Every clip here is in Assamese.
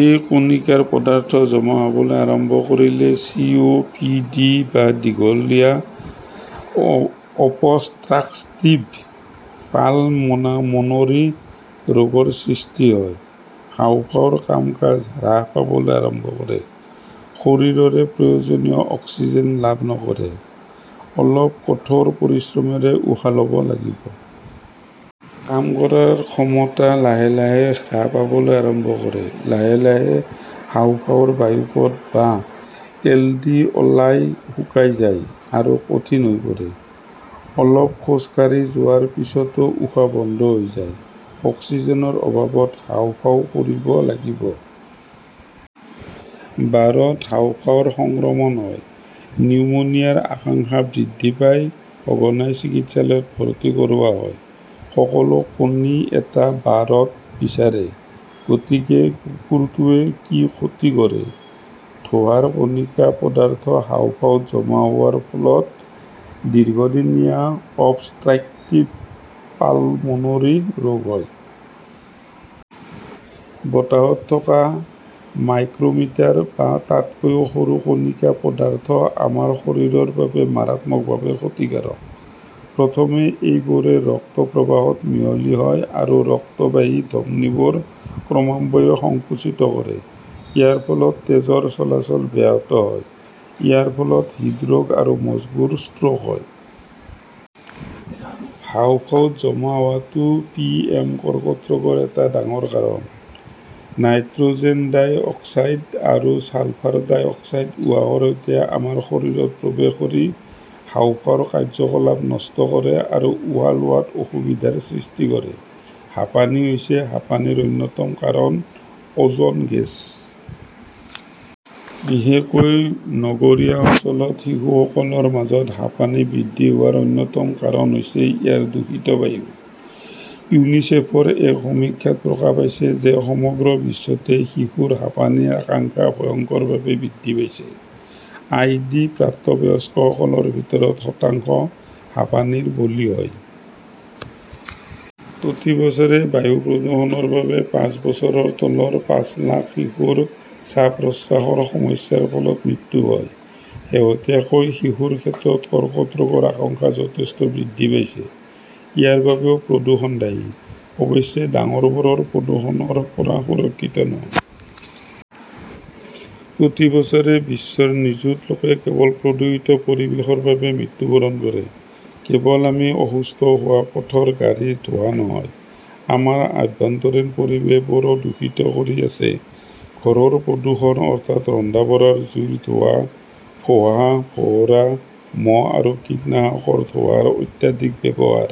এই কণিকাৰ পদাৰ্থ জমা হ'বলৈ আৰম্ভ কৰিলে চি. ও. পি. ডি. বা দীৰ্ঘদিনীয়া অবষ্ট্ৰাকটিভ পালমোনৰী ৰোগৰ সৃষ্টি হয়। হাঁওফাঁওৰ কাম-কাজ হ্ৰাস পাবলৈ আৰম্ভ কৰে। শৰীৰে প্ৰয়োজনীয় অক্সিজেন লাভ নকৰে। অলপ কঠোৰ পৰিশ্ৰমেৰে উশাহ ল'ব লাগিব। কাম কৰাৰ ক্ষমতা লাহে লাহে হ্ৰাস পাবলৈ আৰম্ভ কৰে। লাহে - লাহে হাঁওফাঁওৰ বায়ুপথ বা এলভিঅলাই শুকাই যায় আৰু কঠিন হৈ পৰে। অলপ খোজ কাঢ়ি যোৱাৰ পিছতো উশাহ বন্ধ হৈ যায়। অক্সিজেনৰ অভাৱত হাঁওফাঁও কৰিব লাগিব। বাৰত হাঁওফাঁওৰ সংক্ৰমণ হয়। নিউমোনিয়াৰ আশংকা বৃদ্ধি পায়, সঘনাই চিকিৎসালয়ত ভৰ্তি কৰোৱা হয়। সকলো কণী এটা বাৰত বিচাৰে, গতিকে কুকুৰটোৱে কি ক্ষতি কৰে। ধোঁৱাৰ কণিকা পদাৰ্থ হাঁওফাঁওত জমা হোৱাৰ ফলত দীৰ্ঘদিনীয়া অবষ্ট্ৰাকটিভ পালমোনৰী ৰোগ হয়। বতাহত থকা মাইক্ৰমিটাৰ বা তাতকৈ সৰু কণিকা পদাৰ্থ আমাৰ শৰীৰৰ বাবে মাৰাত্মকভাৱে ক্ষতিকাৰক। প্ৰথমতে, এইবোৰে ৰক্ত প্ৰবাহত মিহলি হয় আৰু ৰক্তবাহী ধমনীবোৰ ক্ৰমান্বয়ে সঙ্কুচিত কৰে। ইয়াৰ ফলত তেজৰ চলাচল ব্যাহত হয়। ইয়াৰ ফলত হৃদৰোগ আৰু মগজুৰ ষ্ট্ৰ'ক হয়। হাঁওফাঁওত জমা হোৱাটো পিএম কৰ্কট ৰোগৰ এটা ডাঙৰ কাৰণ। নাইট্ৰ'জেন ডাই অক্সাইড আৰু ছালফাৰ ডাই অক্সাইড উশাহৰ সৈতে আমাৰ শৰীৰত প্ৰৱেশ কৰি হাঁওফাঁওৰ কাৰ্য্যকলাপ নষ্ট কৰে আৰু উশাহ লোৱাত অসুবিধাৰ সৃষ্টি কৰে। হাঁপানি হৈছে হাঁপানিৰ অন্যতম কাৰণ অজন গেছ। বিশেষকৈ নগৰীয়া অঞ্চলত শিশুসকলৰ মাজত হাঁপানি বৃদ্ধি হোৱাৰ অন্যতম কাৰণ হৈছে ইয়াৰ দূষিত বায়ু। ইউনিচেফৰ এক সমীক্ষাত প্ৰকাশ পাইছে যে সমগ্ৰ বিশ্বতে শিশুৰ হাঁপানিৰ আশংকা ভয়ংকৰভাৱে বৃদ্ধি পাইছে। আই. ডি. প্ৰাপ্তবয়স্কসকলৰ ভিতৰত শতাংশ হাঁপানিৰ বলি হয়। প্ৰতি বছৰে বায়ু প্ৰদূষণৰ বাবে পাঁচ বছৰৰ তলৰ পাঁচ লাখ শিশুৰ শ্বাস-প্ৰশ্বাসৰ সমস্যাৰ ফলত মৃত্যু হয়। শেহতীয়াকৈ শিশুৰ ক্ষেত্ৰতো কৰ্কট ৰোগৰ আশংকা যথেষ্ট বৃদ্ধি পাইছে। ইয়াৰ বাবেও প্ৰদূষণ দায়ী। অৱশ্যে, ডাঙৰবোৰো প্ৰদূষণৰ পৰা সুৰক্ষিত নহয়। প্ৰতি বছৰে বিশ্বৰ নিযুত লোক কেৱল প্ৰদূষিত পৰিৱেশৰ বাবেই মৃত্যুবৰণ কৰে। কেৱল আমি অসুস্থ হোৱা পথৰ গাড়ীৰ ধোঁৱাই নহয়, আমাৰ অভ্যন্তৰীণ পৰিৱেশবোৰো দূষিত কৰি আছে, ঘৰৰ প্ৰদূষণ অৰ্থাৎ ৰন্ধা-বঢ়াৰ জুইৰ ধোৱা, ফোহা ফোৱাৰা, মহ বা কীটনাশকৰ ধোঁৱাৰ অত্যাধিক ব্যৱহাৰ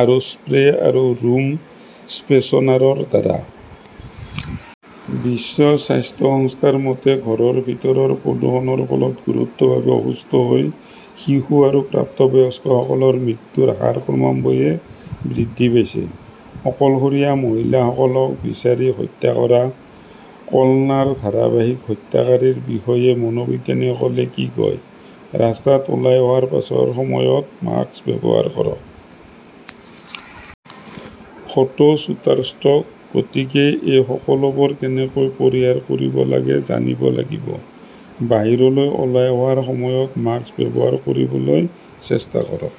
আৰু স্প্ৰে আৰু ৰুম ফ্ৰেছনাৰৰ দ্বাৰা। বিশ্ব স্বাস্থ্য সংস্থাৰ মতে, ঘৰৰ ভিতৰৰ প্ৰদূষণৰ ফলত গুৰুতৰভাৱে অসুস্থ হৈ শিশু আৰু প্ৰাপ্তবয়স্কসকলৰ মৃত্যুৰ হাৰ ক্ৰমান্বয়ে বৃদ্ধি পাইছে। অকলশৰীয়া মহিলাসকলক বিচাৰি হত্যা কৰা, কলনাৰ ধাৰাবাহিক হত্যাকাৰীৰ বিষয়ে মনোবিজ্ঞানীসকলে কি কয়? ৰাস্তাত ওলাই অহাৰ সময়ত মাস্ক ব্যৱহাৰ কৰক। Photo Shutterstock. গতিকে এই সকলোবোৰ কেনেকৈ পৰিহাৰ কৰিব লাগে জানিব লাগিব। বাহিৰলৈ ওলাই অহাৰ সময়ত মাস্ক ব্যৱহাৰ কৰিবলৈ চেষ্টা কৰক।